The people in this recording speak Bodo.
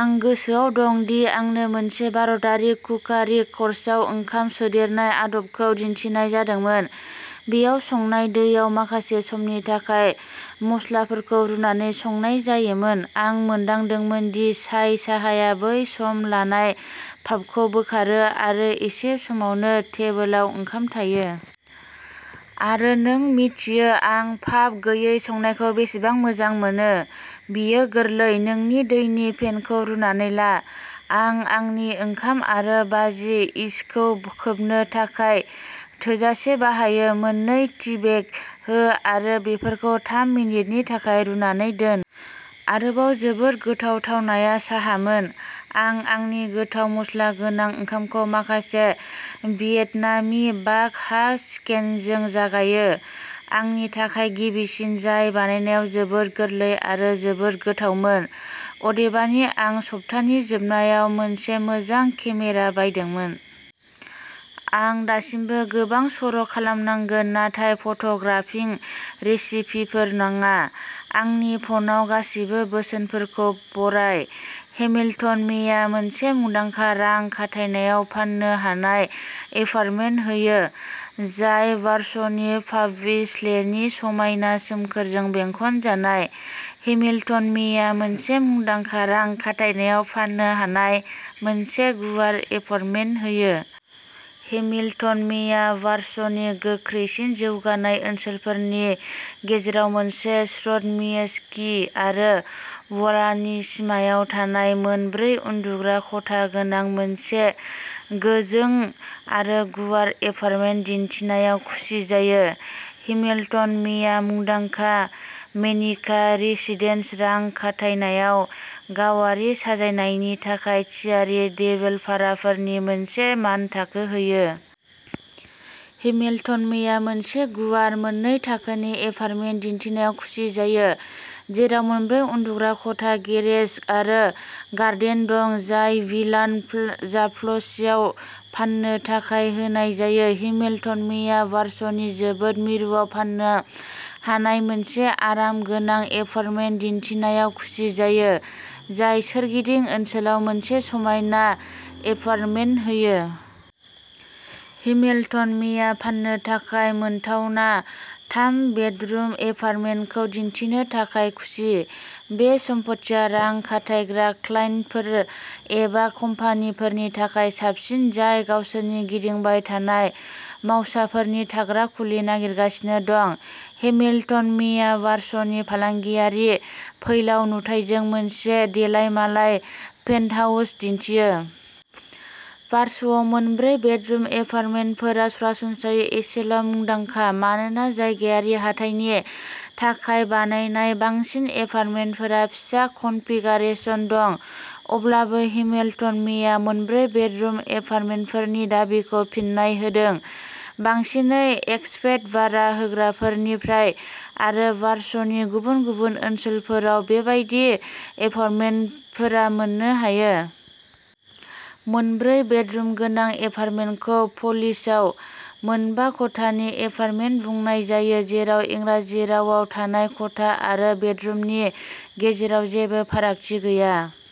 आं गोसोआव दं दि, आंनो मोनसे भारतारि कुकारि कर्सआव ओंखाम सोदेरनाय आदबखौ दिन्थिनाय जादोंमोन। बेयाव संनाय दैयाव माखासे समनि थाखाय मस्लाफोरखौ रुनानै संनाय जायोमोन। आं मोनदांदोंमोन दि चाय साहाया बै सम लानाय फाफखौ बोखारो आरो एसे समावनो टेबोलाव ओंखाम थायो। आरो नों मिन्थियो आं फाफ गैयै संनायखौ बेसेबां मोजां मोनो! बेयो गोरलै। नोंनि दैनि पेनखौ रुनानै ला। आं आंनि ओंखाम आरो बाजि इशखौ खोबनो थाखाय थोजासे बाहायो। मोननै टीबेग हो आरो बेफोरखौ थाम मिनिटनि थाखाय रुनानै दोन। आरोबाव जोबोद गोथाव थावनाया साहामोन! आं आंनि गोथाव मस्ला गोनां ओंखामखौ माखासे भियेटनामी बाक हा चिकेनजों जगायो। आंनि थाखाय गिबिसिन जाय बानायनायाव जोबोद गोरलै आरो जोबोद गोथावमोन! अदेबानि आं सप्तानि जोबनायाव मोनसे मोजां केमेरा बायदोंमोन! आं दासिमबो गोबां सर'खालामनांगोन, नाथाय फट'ग्राफिं रेसिपिफोर नाङा। आंनि फ'नाव। गासैबो बोसोनफोरखौ बराय! हेमिल्टन मेया मोनसे मुंदांखा रां खाथायनायाव फान्नो हानाय एपार्टमेन्ट होयो, जाय वारस'नि पाविस्लेनि समायना सोमखोरजों बेंखनजानाय। हेमिल्टन मेया मोनसे मुंदांखा रां खाथायनायाव फान्नो हानाय मोनसे गुवार एपार्टमेन्ट होयो। हेमिल्टन मेया वारस'नि गोख्रैसिन जौगानाय ओनसोलफोरनि गेजेराव मोनसे श्र'डमिएस्कि आरो व'लानि सिमायाव थानाय मोन ब्रै उन्दुग्रा खथा गोनां मोनसे गोजों आरो गुवार एपार्टमेन्ट दिनथिनायाव खुसि जायो। हेमिल्टन मेया मुंदांखा मेनिका रेसिडेन्स रां खाथायनायाव गावारि साजायनायनि थाखाय थियारि देभेलपारफोरनि मोनसे मानथाखो होयो। हेमिल्टन मेया मोनसे गुवार, मोननै-थाखोनि एपार्टमेन्ट दिनथिनायाव खुसि जायो, जेराव मोनब्रै उन्दुग्रा खथा, गेरेज आरो गार्डेन दं, जाय विलान'- जाप्ल'चिआव फान्नो थाखाय होनाय जायो। हेमिल्टन मेया वारस'नि जोबोद मिरुआव फान्नो हानाय मोनसे आरामगोनां एपार्टमेन्ट दिनथिनायाव खुसि जायो, जाय सोरगिदिं ओनसोलाव मोनसे समायना एपार्टमेन्ट होयो। हेमिल्टन मेया फान्नो थाखाय मोनथावना थाम बेडरुम एपार्टमेन्टखौ दिन्थिनो थाखाय खुसि। बे सम्फथिया रां खाथायग्रा क्लाइन्टफोर एबा कम्पानिफोरनि थाखाय साबसिन, जाय गावसोरनि गिदिंबाय थानाय मावसाफोरनि थाग्रा खुलि नागिरगासिनो दं। हेमिल्टन मेआ वारस'नि फालांगियारि फैलाव नुथायजों मोनसे देलायमालाय पेन्टहाउस दिन्थियो। वारस'आव मोनब्रै बेडरुम एपार्टमेन्टफोरा सरासनस्रायै एसेल'मुंदांखा, मानोना जायगायारि हाथाइनि थाखाय बानायनाय बांसिन एपार्टमेन्टफोरा फिसा कनफिगारेशन दं। अब्लाबो, हेमिल्टन मेआ मोनब्रै बेडरुम एपार्टमेन्टफोरनि दाबिखौ फिन्नाय होदों, बांसिनै एक्सपेट भारा होग्राफोरनिफ्राय, आरो वारस'नि गुबुन गुबुन ओनसोलफोराव बेबादि एपार्टमेन्टफोर मोननो हायो। मोनब्रै बेडरुम गोनां एपार्टमेन्टखौ पोलिशआव मोनबा खथानि एपार्टमेन्ट बुंनाय जायो, जेराव इंराजि रावाव थानाय खथा आरो बेडरुमनि गेजेराव जेबो फारागथि गैया।